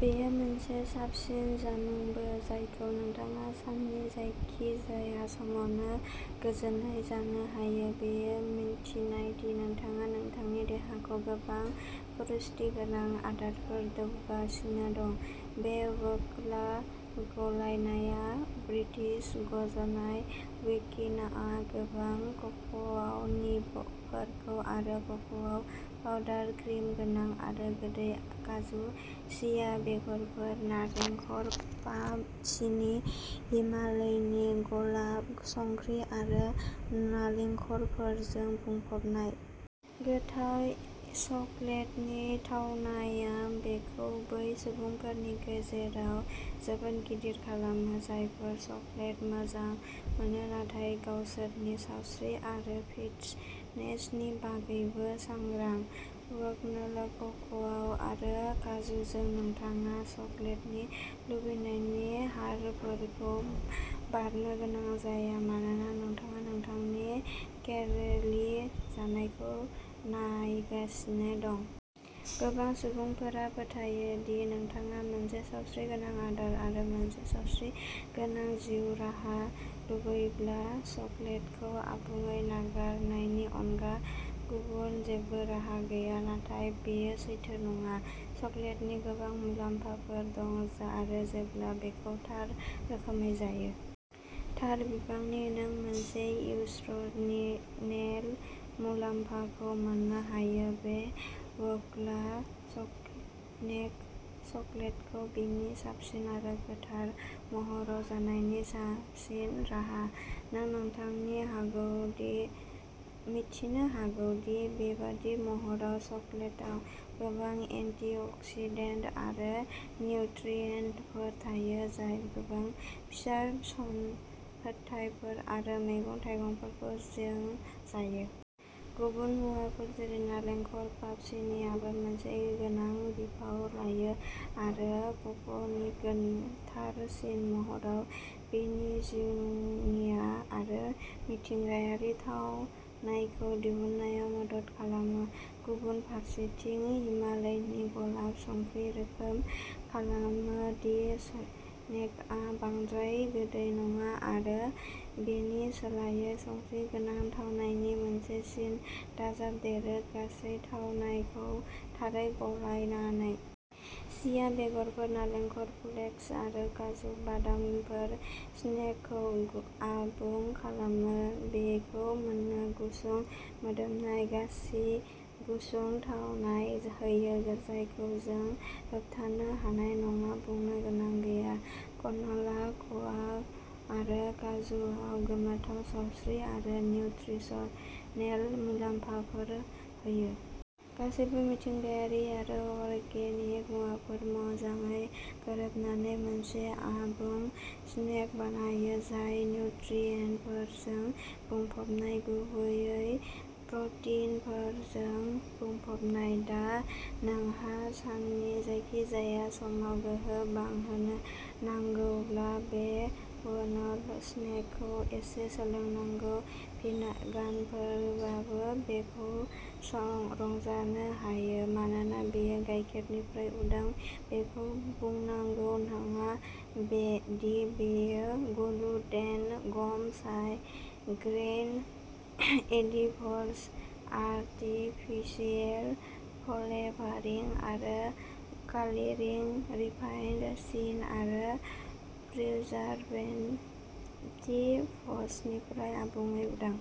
बेयो मोनसे साबसिन जामुंबो, जायखौ नोंथाङा साननि जायखिजाया समावनो गोजोनै जानो हायो, बेखौ मिन्थिना दि नोंथाङा नोंथांनि देहाखौ गोबां पुष्टि गोनां आदारफोर दौगासिनो दं। बे क्न'ला गलायनाया ब्रिटिश-रज'नाय क्विन'आ, गोखै क'काव निबफोर, आरो क'काव पाउडार, क्रिम गोनां आरो गोदै काजु, चिया बेगरफोर, नालेंखर पाम सिनि, हिमालयनि गलाब संख्रि आरो नालेंखरजों बुंफबनाय। गोथाव चकलेटनि थावनाया बेखौ बै सुबुंफोरनि गेजेराव जोबोद गिदिर खालामो, जायफोरा चकलेट मोजां मोनो नाथाय गावसोरनि सावस्रि आरो फिटनेसनि बागैबो सांग्रां। क्न'ला-क'काव आरो काजुजों, नोंथाङा चकलेटनि लुबैनायनि हरफोरखौ बारनो गोनां जाया मानोना नोंथाङा नोंथांनि केल'रि जानायखौ नायगासिनो दं। गोबां सुबुंफोरा फोथायो दि नोंथाङा मोनसे सावस्रिगोनां आदार आरो मोनसे सावस्रिगोनां जिउ राहा लुबैदोंब्ला चकलेटखौ आबुङै नागारनायनि अनगा गुबुन जेबो राहा गैया, नाथाय बेयो सैथो नङा। चकलेटनि गोबां मुलाम्फाफोर दं, आरो जेब्ला बेखौ थार रोखोमै जायो। थार बिबांनि, नों बेफोर निउत्रिसनेल मुलाम्फाखौ मोननो हायो। बे क्नला स्नेकआ चकलेटखौ बिनि साबसिन आरो गोथार महराव जानायनि साबसिन राहा। नों मिथिनो हागौदि बेबादि महराव, चकलेटाव गोबां एन्टिअक्सिडेन्ट आरो निउट्रियेन्टफोर थायो, जाय गोबां फिथाइ-सामथाइफोर आरो मैगं-थाइगंफोरखौ जों जायो। गुबुन मुवाफोर जेरै नालेंखर पाम सिनिआबो मोनसे गोनां बिफाव लायो-बेयो ककावनि गोथारसिन महराव बिनि जुनिया आरो मिथिंगायारि थावनायखौ दिहुननायाव मदद खालामो। गुबुन फारसेथिं, हिमालयनि गलाब संख्रि, रोखा खालामो दि स्नेकआ बांद्राय गोदै नङा आरो बेनि सोलायै संख्रि गोनां थावनायनि मोनसे सिन दाजाबदेरो, गासै थावनायखौ थारै गलायनानै। चिया बेगरफोर, नालेंखर फ्लेक्स आरो काजु बादामफोरा स्नेकखौ आबुं खालामो, बेखौ मोनसे गुसुं-मोदोमनाय, आसि-गुसुं थावनाय होयो जायखौ नों होबथानो हानाय नङा। बुंनो गोनां गैया, क्नला-ककाव आरो काजुआ गोमोथाव सावस्रि आरो निउत्रिसनेल मुलाम्फाफोर होयो। गासैबो मिथिंगायारि आरो अर्गेनिक मुवाफोरा मोजाङै गोरोबनानै मोनसे आबुं स्नेक बानायो, जाय निउट्रियेन्टफोरजों बुंफबनाय, गुबैयै प्रटिनजों बुंफबनाय। दा, नोंहा साननि जायखिजाया समाव गोहो बांहोनो नांगौब्ला बे क्न'ला स्नेकखौ एसे लोंनांगौ। भिगानफोराबो बेखौ रंजानो हायो, मानोना बेयो गाइखेरनिफ्राय उदां, बेखौ बुंनांगौ नङा दि बेयो gluten, gum, soy, grain, additives, artificial flavouring आरो कालारिं, रिफाइन्ड सिनि आरो प्रिजारभेटिभ्सनिफ्राय आबुङै उदां।